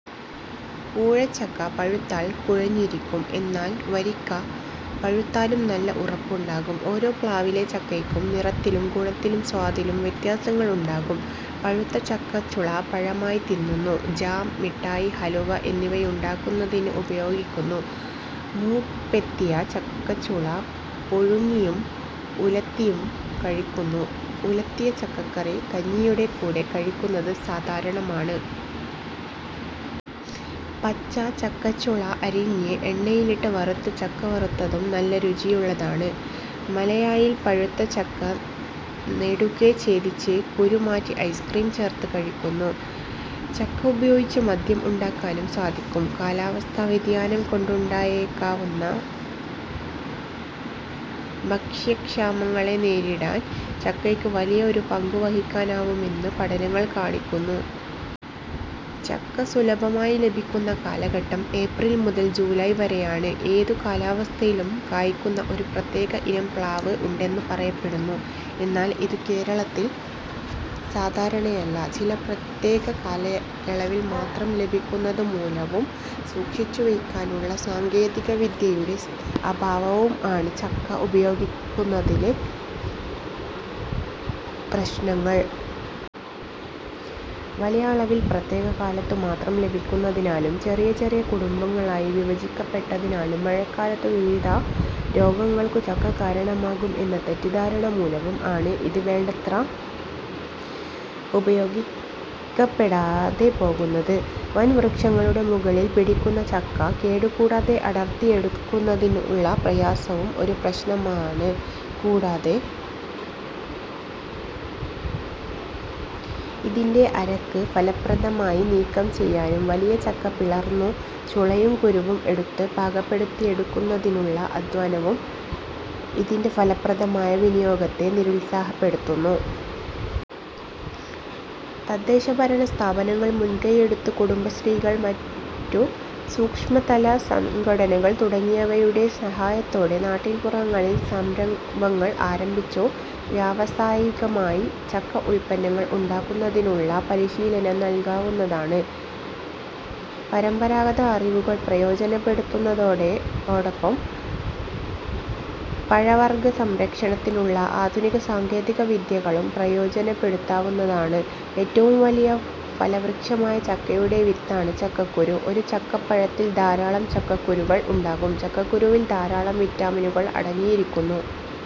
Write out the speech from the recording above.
കൂഴ ചക്ക പഴുത്താൽ കുഴഞ്ഞിരിക്കും. എന്നാൽ വരിക്ക പഴുത്താലും നല്ല ഉറപ്പുണ്ടാകും. ഓരോ പ്ലാവിലെ ചക്കയ്ക്കും നിറത്തിലും ഗുണത്തിലും സ്വാദിലും വ്യത്യാസങ്ങൾ ഉണ്ടാകും. പഴുത്ത ചക്കച്ചുള പഴമായി തിന്നുന്നു. ജാം, മിഠായി, ഹലുവ എന്നിവയുണ്ടാക്കുന്നതിന് ഉപയോഗിക്കുന്നു. മൂപ്പെത്തിയ ചക്കച്ചുള പുഴുങ്ങിയും ഉലത്തിയും കഴിക്കുന്നു. ഉലത്തിയ ചക്കക്കറി കഞ്ഞിയുടെ കൂടെ കഴിക്കുന്നത് സാധാരണമാണ്. പച്ച ചക്കച്ചുള അരിഞ്ഞ് എണ്ണയിലിട്ട് വറുത്ത് ചക്കവറുത്തതും നല്ല രുചിയുള്ളതാണ്. മലയായിൽ പഴുത്ത ചക്ക നെടുകെ ഛേദിച്ച് കുരുമാറ്റി ഐസ്ക്രീം ചേർത്ത് കഴിക്കുന്നു. ചക്ക ഉപയോഗിച്ച് മദ്യം ഉണ്ടാക്കാനും സാധിക്കും. കാലാവസ്ഥാ വ്യതിയാനം കൊണ്ടുണ്ടായേക്കാവുന്ന ഭക്ഷ്യക്ഷാമങ്ങളെ നേരിടാൻ ചക്കയ്ക്ക് വലിയ ഒരു പങ്ക് വഹിക്കാനാവുമെന്ന് പഠനങ്ങൾ കാണിക്കുന്നു. ചക്ക സുലഭമായി ലഭിക്കുന്ന കാലഘട്ടം ഏപ്രിൽ മുതൽ ജൂലായ് വരെയാണ്. ഏതു കാലാവസ്ഥയിലും കായ്ക്കുന്ന ഒരു പ്രത്യേക ഇനം പ്ലാവ് ഉണ്ടെന്നു പറയപ്പെടുന്നു. എന്നാൽ ഇതു കേരളത്തിൽ സാധാരണയല്ല. ചില പ്രത്യേക കാലയളവിൽ മാത്രം ലഭിക്കുന്നതു മുലവും സൂക്ഷിച്ചു വെയ്ക്കാനുള്ള സാങ്കേതിക വിദ്യയുടെ അഭാവവും ആണ് ചക്ക ഉപയോഗിക്കുന്നതിലെ പ്രശ്നങ്ങൾ. വലിയ അളവിൽ പ്രത്യേക കാലത്തു മാത്രം ലഭിക്കുന്നതിനാലും, ചെറിയ ചെറിയ കുടുംബങ്ങളായി വിഭജിക്കപ്പെട്ടതിനാലും, മഴക്കാലത്തു വിവിധ രോഗങ്ങൾക്കു ചക്ക കാരണമാകും എന്ന തെറ്റിദ്ധാരണ മൂലവും ആണ് ഇത് വേണ്ടത്ര ഉപയോഗിക്കപ്പെടാതെ പോകുന്നത്. വൻ വൃക്ഷങ്ങളുടെ മുകളിൽ പിടിക്കുന്ന ചക്ക കേടു കൂടാതെ അടർത്തി എടുക്കുന്നതിനുള്ള പ്രയാസവും ഒരു പ്രശ്നമാണ് കൂടാതെ ഇതിന്റെ അരക്ക് ഫലപ്രദമായി നീക്കം ചെയ്യാനും വലിയ ചക്ക പിളർന്നു ചുളയും കുരുവും എടുത്ത് പാകപ്പെടുത്തി എടുക്കുന്നതിലുള്ള അധ്വാനവും ഇതിന്റെ ഫലപ്രദമായ വിനിയോഗത്തെ നിരുത്സാഹപ്പെടുത്തുന്നു. തദ്ദേശ ഭരണ സ്ഥാപനങ്ങൾ മുൻകൈ എടുത്ത് കുടുംബശ്രീകൾ, മറ്റു സൂക്ഷ്മതല സംഘടനകൾ തുടങ്ങിയവയുടെ സഹായത്തോടെ നാട്ടിൻ പുറങ്ങളിൽ സംരംഭങ്ങൾ ആരംഭിച്ചു വ്യാവസായികമായി ചക്കഉല്പന്നങ്ങൾ ഉണ്ടാക്കുന്നതിനുള്ള പരിശീലനം നല്കാവുന്നതാണ്. പരമ്പരാഗത അറിവുകൾ പ്രയോജനപ്പെടുത്തുന്നതോടൊപ്പം പഴവർഗ്ഗ സംരക്ഷണത്തിനുള്ള ആധുനിക സാങ്കേതിക വിദ്യകളും പ്രയോജനപ്പെടുത്താവുന്നതാണ്. ഏറ്റവും വലിയ ഫലവൃക്ഷമായ ചക്കയുടെ വിത്താണ് ചക്കക്കുരു. ഒരു ചക്കപ്പഴത്തിൽ ധാരാളം ചക്കകുരുക്കൾ ഉണ്ടാകും. ചക്കക്കുരുവിൽ ധാരാളം വിറ്റാമിനുകൾ അടങ്ങിയിരിക്കുന്നു.